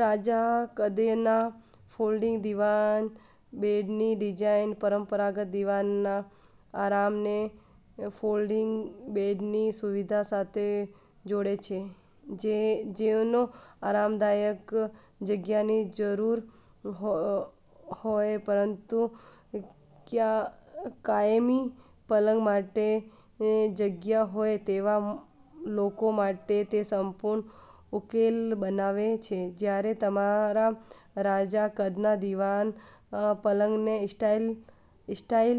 રાજા-કદના folding દીવાન બેડની design પરંપરાગત દીવાનના આરામને folding બેડની સુવિધા સાથે જોડે છે, જેઓને આરામદાયક જગ્યાની જરૂર હોય પરંતુ કાયમી પલંગ માટે જગ્યાહોય તેવા લોકો માટે તે સંપૂર્ણ ઉકેલ બનાવે છે. જ્યારે તમારા રાજા-કદના દીવાન પલંગને સ્ટાઇલ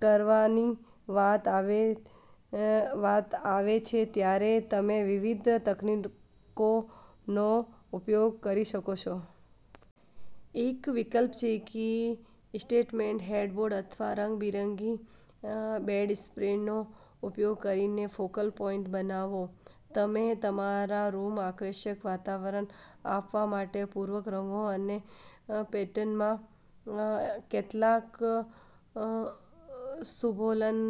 કરવાની વાત આવે છેત્યારે તમે વિવિધ તકનીકોનો ઉપયોગ કરી શકો છો. એક વિકલ્પછે કે સ્ટેટમેન્ટ હેડબોર્ડ અથવા રંગબેરંગી બેડસ્પ્રેડનો ઉપયોગ કરીને ફોકલ પોઇન્ટ બનાવવો. તમે તમારા રૂમને આકર્ષક વાતાવરણ આપવા માટે પૂરક રંગો અને પેટર્નમાં કેટલાક સુશોભન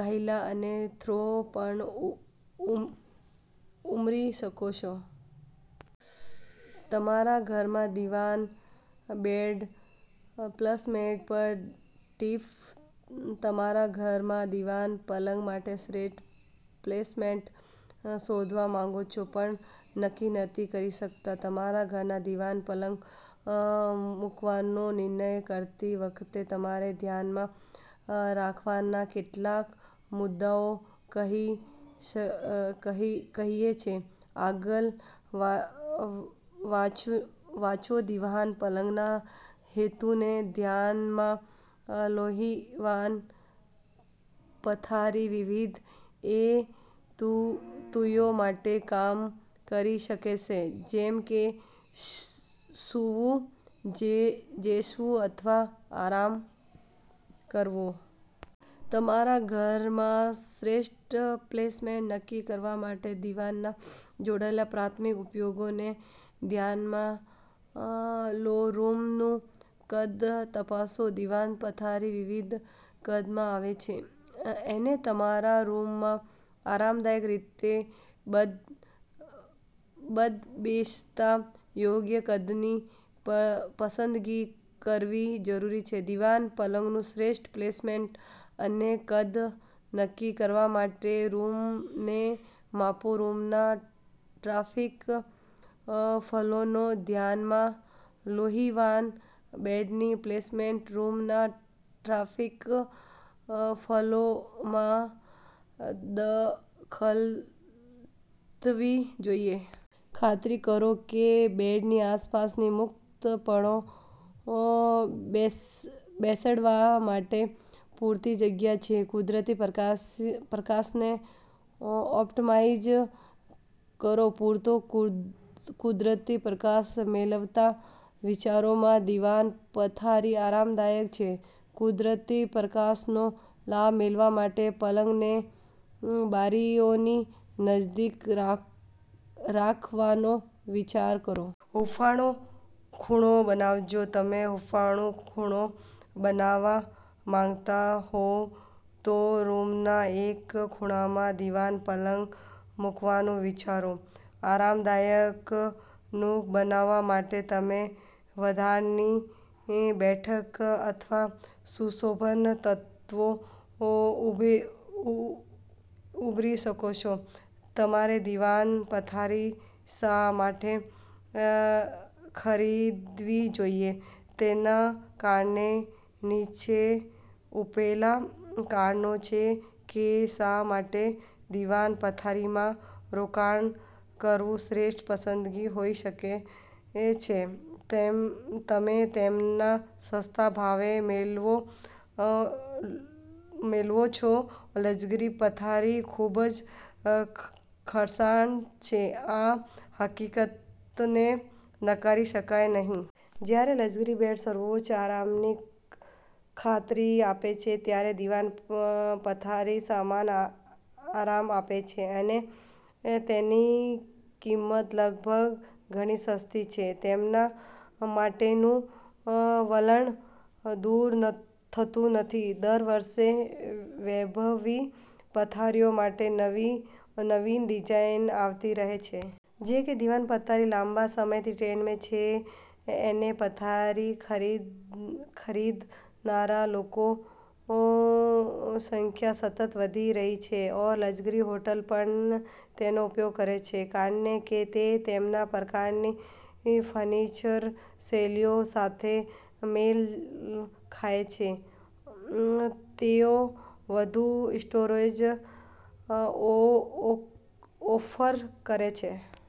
ગાદલા અને થ્રો પણ ઉમેરી શકો છો. તમારા ઘરમાં દિવાન બેડ પ્લેસમેન્ટ પર ટીપ તમારા ઘરમાં દિવાન પલંગ માટે શ્રેષ્ઠ પ્લેસમેન્ટ શોધવા માંગો છો પણ નક્કી નથી કરી શકતા? તમારા ઘરમાં દીવાન પલંગ મૂકવાનો નિર્ણય કરતી વખતે તમારે ધ્યાનમાં રાખવાના કેટલાક મુદ્દાઓ અહીં છેઆગળ વાંચોદિવાન પલંગના હેતુને ધ્યાનમાં લોદિવાન પથારી વિવિધ હેતુઓ માટે કામ કરી શકે છે, જેમ કે સૂવું, બેસવું અથવા આરામ કરવો. તમારા ઘરમાં શ્રેષ્ઠ પ્લેસમેન્ટ નક્કી કરવા માટે દિવાન બેડના પ્રાથમિક ઉપયોગને ધ્યાનમાં લોરૂમનું કદ તપાસોદીવાન પથારી વિવિધ કદમાં આવે છે, અને તમારા રૂમમાં આરામદાયક રીતે બંધબેસતા યોગ્ય કદની પસંદગી કરવી જરૂરી છે. દીવાન પલંગનું શ્રેષ્ઠ પ્લેસમેન્ટ અને કદ નક્કી કરવા માટે રૂમને માપોરૂમના ટ્રાફિક ફ્લોને ધ્યાનમાં લોદિવાન બેડની પ્લેસમેન્ટ રૂમના ટ્રાફિક ફ્લોમાં દખલથવી જોઈએ. ખાતરી કરો કે બેડની આસપાસ મુક્તપણે ખસેડવા માટે પૂરતી જગ્યા છે. કુદરતી પ્રકાશને ઑપ્ટિમાઇઝ કરોપૂરતો કુદરતી પ્રકાશ મેળવતા વિસ્તારોમાં દીવાન પથારી આરામદાયક છે. કુદરતી પ્રકાશનો લાભ લેવા માટે પલંગને બારીઓની નજીક રાખવાનો વિચાર કરો. હૂંફાળું ખૂણો બનાવોજો તમે હૂંફાળું ખૂણો બનાવવા માંગતા હો, તો રૂમના એક ખૂણામાં દીવાન પલંગ મૂકવાનું વિચારો. આરામદાયક નૂક બનાવવા માટે તમે વધારાની બેઠક અથવા સુશોભન તત્વો ઉમેરી શકો છો. તમારે દિવાન પથારી શા માટે ખરીદવી જોઈએ તેના કારણો નીચે આપેલા કારણો છે કે શા માટે દિવાન પથારીમાં રોકાણ કરવું શ્રેષ્ઠ પસંદગી હોઈ શકે છેતમે તેમને સસ્તા ભાવે મેળવો છો લક્ઝરી પથારી ખૂબ ખર્ચાળ છેઆ હકીકતને નકારી શકાય નહીં. જ્યારે લક્ઝરી બેડ સર્વોચ્ચ આરામની ખાતરી આપે છે, ત્યારે દિવાન પથારી સમાન આરામ આપે છે અને તેની કિંમત લગભગ ગણી સસ્તી છે. તેમના માટેનું વલણ દૂર થતું નથી દર વર્ષે વૈભવી પથારીઓ માટે નવી, નવીન ડિઝાઇન આવતી રહે છે. જો કે, દિવાન પથારી લાંબા સમયથી ટ્રેન્ડમાં છે અનેપથારી ખરીદનારા લોકોની સંખ્યા સતત વધી રહી છે. લક્ઝરી હોટલ પણ તેનો ઉપયોગ કરે છે કારણ કે તે તમામ પ્રકારની ફર્નિચર શૈલીઓ સાથે મેળ ખાય છે. તેઓ વધુ સ્ટોરેજ ઓફર કરે છે